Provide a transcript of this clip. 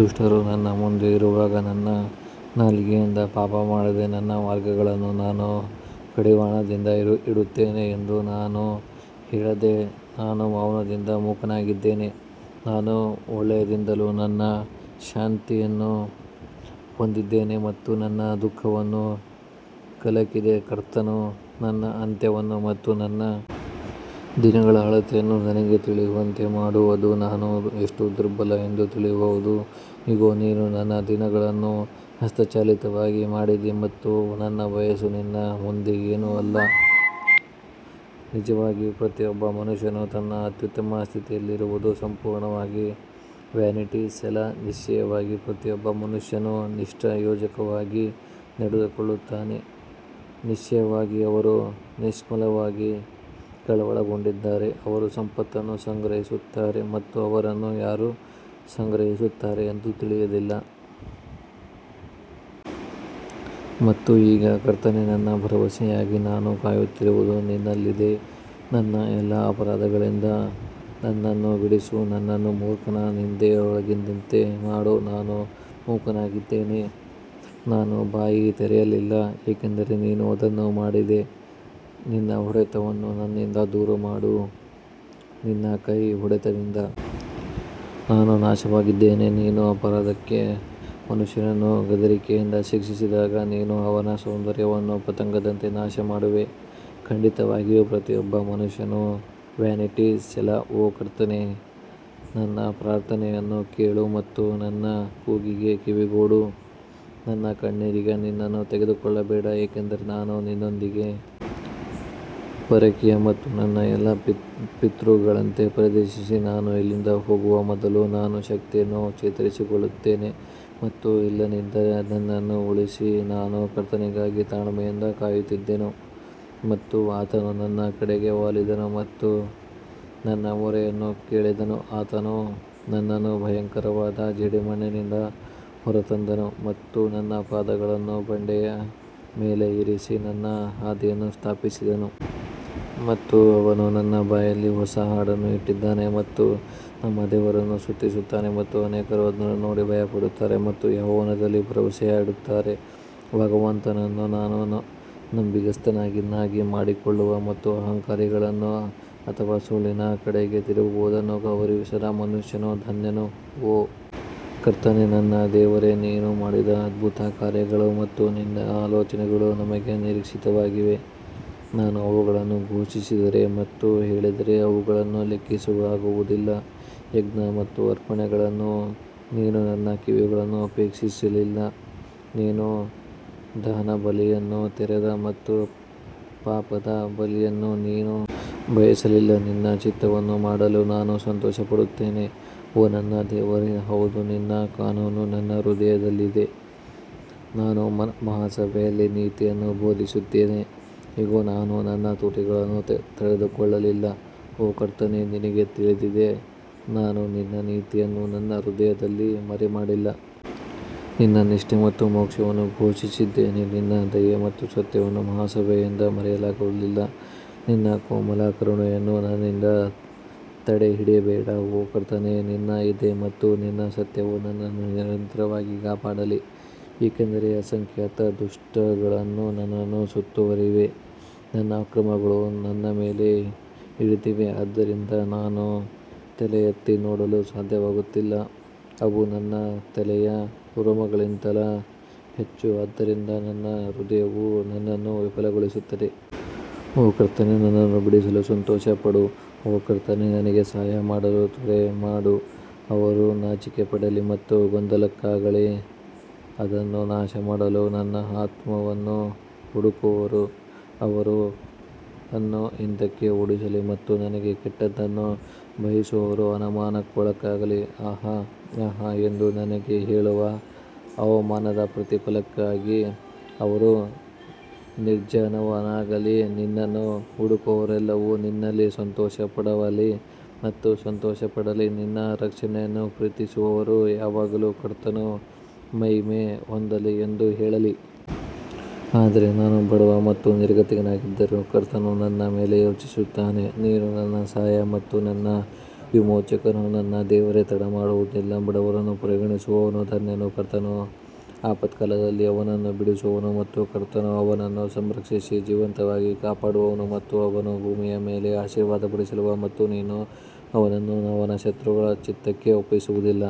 ದುಷ್ಟರು ನನ್ನ ಮುಂದೆ ಇರುವಾಗ ನನ್ನ ನಾಲಿಗೆಯಿಂದ ಪಾಪ ಮಾಡದೆ ನನ್ನ ಮಾರ್ಗಗಳನ್ನು ನಾನು ಕಡಿವಾಣದಿಂದ ಇಡುತ್ತೇನೆ ಎಂದು ನಾನು ಹೇಳಿದೆ ನಾನು ಮೌನದಿಂದ ಮೂಕನಾಗಿದ್ದೆ, ನಾನು ಒಳ್ಳೆಯದಿಂದಲೂ ನನ್ನ ಶಾಂತಿಯನ್ನು ಹೊಂದಿದ್ದೇನೆ ಮತ್ತು ನನ್ನ ದುಃಖವನ್ನು ಕಲಕಿದೆ ಕರ್ತನು ನನ್ನ ಅಂತ್ಯವನ್ನು ಮತ್ತು ನನ್ನ ದಿನಗಳ ಅಳತೆಯನ್ನು ನನಗೆ ತಿಳಿಯುವಂತೆ ಮಾಡು, ಅದು ನಾನು ಎಷ್ಟು ದುರ್ಬಲ ಎಂದು ತಿಳಿಯಬಹುದು ಇಗೋ, ನೀನು ನನ್ನ ದಿನಗಳನ್ನು ಹಸ್ತಚಾಲಿತವಾಗಿ ಮಾಡಿದಿ ಮತ್ತು ನನ್ನ ವಯಸ್ಸು ನಿನ್ನ ಮುಂದೆ ಏನೂ ಇಲ್ಲ, ನಿಜವಾಗಿ ಪ್ರತಿಯೊಬ್ಬ ಮನುಷ್ಯನು ತನ್ನ ಅತ್ಯುತ್ತಮ ಸ್ಥಿತಿಯಲ್ಲಿರುವುದು ಸಂಪೂರ್ಣವಾಗಿ ವ್ಯಾನಿಟಿ ಸೆಲಾ ನಿಶ್ಚಯವಾಗಿ ಪ್ರತಿಯೊಬ್ಬ ಮನುಷ್ಯನು ನಿಷ್ಪ್ರಯೋಜಕವಾಗಿ ನಡೆದುಕೊಳ್ಳುತ್ತಾನೆ, ನಿಶ್ಚಯವಾಗಿ ಅವರು ನಿಷ್ಫಲವಾಗಿ ಕಳವಳಗೊಂಡಿದ್ದಾರೆ, ಅವರು ಸಂಪತ್ತನ್ನು ಸಂಗ್ರಹಿಸುತ್ತಾರೆ ಮತ್ತು ಅವರನ್ನು ಯಾರು ಸಂಗ್ರಹಿಸುತ್ತಾರೆ ಎಂದು ತಿಳಿದಿಲ್ಲ. ಮತ್ತು ಈಗ ಕರ್ತನೇ, ನನ್ನ ಭರವಸೆಗಾಗಿ ನಾನು ಕಾಯುತ್ತಿರುವುದು ನಿನ್ನಲ್ಲಿದೆ ನನ್ನ ಎಲ್ಲಾ ಅಪರಾಧಗಳಿಂದ ನನ್ನನ್ನು ಬಿಡಿಸು, ನನ್ನನ್ನು ಮೂರ್ಖನ ನಿಂದೆಯಾಗದಂತೆ ಮಾಡು ನಾನು ಮೂಕನಾಗಿದ್ದೆ ನಾನು ಬಾಯಿ ತೆರೆಯಲಿಲ್ಲ ಏಕೆಂದರೆ ನೀನು ಅದನ್ನು ಮಾಡಿದೆ ನಿನ್ನ ಹೊಡೆತವನ್ನು ನನ್ನಿಂದ ದೂರಮಾಡು ನಿನ್ನ ಕೈಯ ಹೊಡೆತದಿಂದ ನಾನು ನಾಶವಾಗಿದ್ದೇನೆ ನೀನು ಅಪರಾಧಕ್ಕಾಗಿ ಮನುಷ್ಯನನ್ನು ಗದರಿಕೆಯಿಂದ ಶಿಕ್ಷಿಸಿದಾಗ ನೀನು ಅವನ ಸೌಂದರ್ಯವನ್ನು ಪತಂಗದಂತೆ ನಾಶಮಾಡುವೆ, ಖಂಡಿತವಾಗಿಯೂ ಪ್ರತಿಯೊಬ್ಬ ಮನುಷ್ಯನು ವ್ಯಾನಿಟಿ ಸೆಲಾ ಓ ಕರ್ತನೇ ನನ್ನ ಪ್ರಾರ್ಥನೆಯನ್ನು ಕೇಳು ಮತ್ತು ನನ್ನ ಕೂಗಿಗೆ ಕಿವಿಗೊಡು ನನ್ನ ಕಣ್ಣೀರಿಗೆ ನಿನ್ನನ್ನು ತಡೆದುಕೊಳ್ಳಬೇಡ ಏಕೆಂದರೆ ನಾನು ನಿನ್ನೊಂದಿಗೆ ಪರಕೀಯ ಮತ್ತು ನನ್ನ ಎಲ್ಲಾ ಪಿತೃಗಳಂತೆ ಪರದೇಶಿ ನಾನು ಇಲ್ಲಿಂದ ಹೋಗುವ ಮೊದಲು ನಾನು ಶಕ್ತಿಯನ್ನು ಚೇತರಿಸಿಕೊಳ್ಳುತ್ತೇನೆ ಮತ್ತು ಇನ್ನಿಲ್ಲದಂತೆ ನನ್ನನ್ನು ಉಳಿಸಿ ನಾನು ಕರ್ತನಿಗಾಗಿ ತಾಳ್ಮೆಯಿಂದ ಕಾಯುತ್ತಿದ್ದೆನು ಮತ್ತು ಆತನು ನನ್ನ ಕಡೆಗೆ ವಾಲಿದನು ಮತ್ತು ನನ್ನ ಮೊರೆಯನ್ನು ಕೇಳಿದನು ಆತನು ನನ್ನನ್ನು ಭಯಂಕರವಾದ ಜೇಡಿಮಣ್ಣಿನಿಂದ ಹೊರತಂದನು ಮತ್ತು ನನ್ನ ಪಾದಗಳನ್ನು ಬಂಡೆಯ ಮೇಲೆ ಇರಿಸಿ ನನ್ನ ಹಾದಿಯನ್ನು ಸ್ಥಾಪಿಸಿದನು. ಮತ್ತು ಅವನು ನನ್ನ ಬಾಯಲ್ಲಿ ಹೊಸ ಹಾಡನ್ನು ಇಟ್ಟಿದ್ದಾನೆ ಮತ್ತು ನಮ್ಮ ದೇವರನ್ನು ಸ್ತುತಿಸುತ್ತಾನೆ ಮತ್ತು ಅನೇಕರು ಅದನ್ನು ನೋಡಿ ಭಯಪಡುತ್ತಾರೆ ಮತ್ತು ಯೆಹೋವನಲ್ಲಿ ಭರವಸೆಯಿಡುತ್ತಾರೆ. ಭಗವಂತನನ್ನು ತನ್ನ ನಂಬಿಗಸ್ತನನ್ನಾಗಿ ಮಾಡಿಕೊಳ್ಳುವ ಮತ್ತು ಅಹಂಕಾರಿಗಳನ್ನು ಅಥವಾ ಸುಳ್ಳಿನ ಕಡೆಗೆ ತಿರುಗುವವರನ್ನು ಗೌರವಿಸದ ಮನುಷ್ಯನು ಧನ್ಯನು ಓ ಕರ್ತನೇ, ನನ್ನ ದೇವರೇ, ನೀನು ಮಾಡಿದ ಅದ್ಭುತ ಕಾರ್ಯಗಳು ಮತ್ತು ನಿನ್ನ ಆಲೋಚನೆಗಳು ನಮಗೆ ನಿರೀಕ್ಷಿತವಾಗಿವೆ, ನಾನು ಅವುಗಳನ್ನು ಘೋಷಿಸಿದರೆ ಮತ್ತು ಹೇಳಿದರೆ ಅವುಗಳನ್ನು ಲೆಕ್ಕಿಸಲಾಗುವುದಿಲ್ಲ ಯಜ್ಞ ಮತ್ತು ಅರ್ಪಣೆಗಳನ್ನು ನೀನು ನನ್ನ ಕಿವಿಗಳನ್ನು ಅಪೇಕ್ಷಿಸಲಿಲ್ಲ, ನೀನು ದಹನಬಲಿಯನ್ನು ತೆರೆದೆ ಮತ್ತು ಪಾಪದ ಬಲಿಯನ್ನು ನೀನು ಬಯಸಲಿಲ್ಲ ನಿನ್ನ ಚಿತ್ತವನ್ನು ಮಾಡಲು ನಾನು ಸಂತೋಷಪಡುತ್ತೇನೆ ಓ ನನ್ನ ದೇವರೇ ಹೌದು ನಿನ್ನ ಕಾನೂನು ನನ್ನ ಹೃದಯದಲ್ಲಿದೆ ನಾನು ಮಹಾಸಭೆಯಲ್ಲಿ ನೀತಿಯನ್ನು ಬೋಧಿಸಿದ್ದೇನೆ ಇಗೋ ನಾನು ನನ್ನ ತುಟಿಗಳನ್ನು ತಡೆದುಕೊಳ್ಳಲಿಲ್ಲ ಓ ಕರ್ತನೇ ನಿನಗೆ ತಿಳಿದಿದೆ ನಾನು ನಿನ್ನ ನೀತಿಯನ್ನು ನನ್ನ ಹೃದಯದಲ್ಲಿ ಮರೆಮಾಡಲಿಲ್ಲ, ನಿನ್ನ ನಿಷ್ಠೆ ಮತ್ತು ಮೋಕ್ಷವನ್ನು ಘೋಷಿಸಿದ್ದೇನೆ, ನಿನ್ನ ದಯೆ ಮತ್ತು ಸತ್ಯವನ್ನು ಮಹಾ ಸಭೆಯಿಂದ ಮರೆಮಾಡಲಿಲ್ಲ ನಿನ್ನ ಕೋಮಲ ಕರುಣೆಯನ್ನು ನನ್ನಿಂದ ತಡೆಹಿಡಿಯಬೇಡ ಓ ಕರ್ತನೇ ನಿನ್ನ ದಯೆ ಮತ್ತು ನಿನ್ನ ಸತ್ಯವು ನನ್ನನ್ನು ನಿರಂತರವಾಗಿ ಕಾಪಾಡಲಿ ಯಾಕಂದರೆ ಅಸಂಖ್ಯಾತ ದುಷ್ಕೃತ್ಯಗಳು ನನ್ನನ್ನು ಸುತ್ತುವರೆದಿವೆ, ನನ್ನ ಅಕ್ರಮಗಳು ನನ್ನ ಮೇಲೆ ಹಿಡಿದಿವೆ, ಆದ್ದರಿಂದ ನಾನು ತಲೆಯೆತ್ತಿ ನೋಡಲು ಸಾಧ್ಯವಾಗುತ್ತಿಲ್ಲ, ಅವು ನನ್ನ ತಲೆಯ ರೋಮಗಳಿಗಿಂತ ಹೆಚ್ಚು, ಆದ್ದರಿಂದ ನನ್ನ ಹೃದಯವು ನನ್ನನ್ನು ವಿಫಲಗೊಳಿಸುತ್ತದೆ. ಓ ಕರ್ತನೇ ನನ್ನನ್ನು ಬಿಡಿಸಲು ಸಂತೋಷಪಡು ಓ ಕರ್ತನೇ ನನಗೆ ಸಹಾಯ ಮಾಡಲು ತ್ವರೆ ಮಾಡು ಅವರು ನಾಚಿಕೆಪಡಲಿ ಮತ್ತು ಗೊಂದಲಕ್ಕೊಳಗಾಗಲಿ, ಅದನ್ನು ನಾಶಮಾಡಲು ನನ್ನ ಆತ್ಮವನ್ನು ಹುಡುಕುವವರು ಅವರನ್ನು ಹಿಂದಕ್ಕೆ ಓಡಿಸಲಿ ಮತ್ತು ನನಗೆ ಕೆಟ್ಟದ್ದನ್ನು ಬಯಸುವವರು ಅವಮಾನಕ್ಕೊಳಗಾಗಲಿ. ಆಹಾ ಆಹಾ ಎಂದು ನನಗೆ ಹೇಳುವ ಅವಮಾನದ ಪ್ರತಿಫಲಕ್ಕಾಗಿ ಅವರು ನಿರ್ಜನವಾಗಲಿ ನಿನ್ನನ್ನು ಹುಡುಕುವವರೆಲ್ಲರೂ ನಿನ್ನಲ್ಲಿ ಸಂತೋಷಪಡಲಿ ಮತ್ತು ಸಂತೋಷಪಡಲಿ, ನಿನ್ನ ರಕ್ಷಣೆಯನ್ನು ಪ್ರೀತಿಸುವವರು ಯಾವಾಗಲೂ ಕರ್ತನು ಮಹಿಮೆ ಹೊಂದಲಿ ಎಂದು ಹೇಳಲಿ. ಆದರೆ ನಾನು ಬಡವ ಮತ್ತು ನಿರ್ಗತಿಕನಾಗಿದ್ದರೂ ಕರ್ತನು ನನ್ನ ಮೇಲೆ ಯೋಚಿಸುತ್ತಾನೆ ನೀನು ನನ್ನ ಸಹಾಯ ಮತ್ತು ನನ್ನ ವಿಮೋಚಕನು ನನ್ನ ದೇವರೇ ತಡಮಾಡುವುದಿಲ್ಲ ಬಡವರನ್ನು ಪರಿಗಣಿಸುವವನು ಧನ್ಯನು, ಕರ್ತನು ಆಪತ್ಕಾಲದಲ್ಲಿ ಅವನನ್ನು ಬಿಡಿಸುವನು ಕರ್ತನು ಅವನನ್ನು ಸಂರಕ್ಷಿಸಿ ಜೀವಂತವಾಗಿ ಕಾಪಾಡುವನು ಮತ್ತು ಅವನು ಭೂಮಿಯ ಮೇಲೆ ಆಶೀರ್ವದಿಸಲ್ಪಡುವನು ಮತ್ತು ನೀನು ಅವನನ್ನು ಅವನ ಶತ್ರುಗಳ ಚಿತ್ತಕ್ಕೆ ಒಪ್ಪಿಸುವುದಿಲ್ಲ.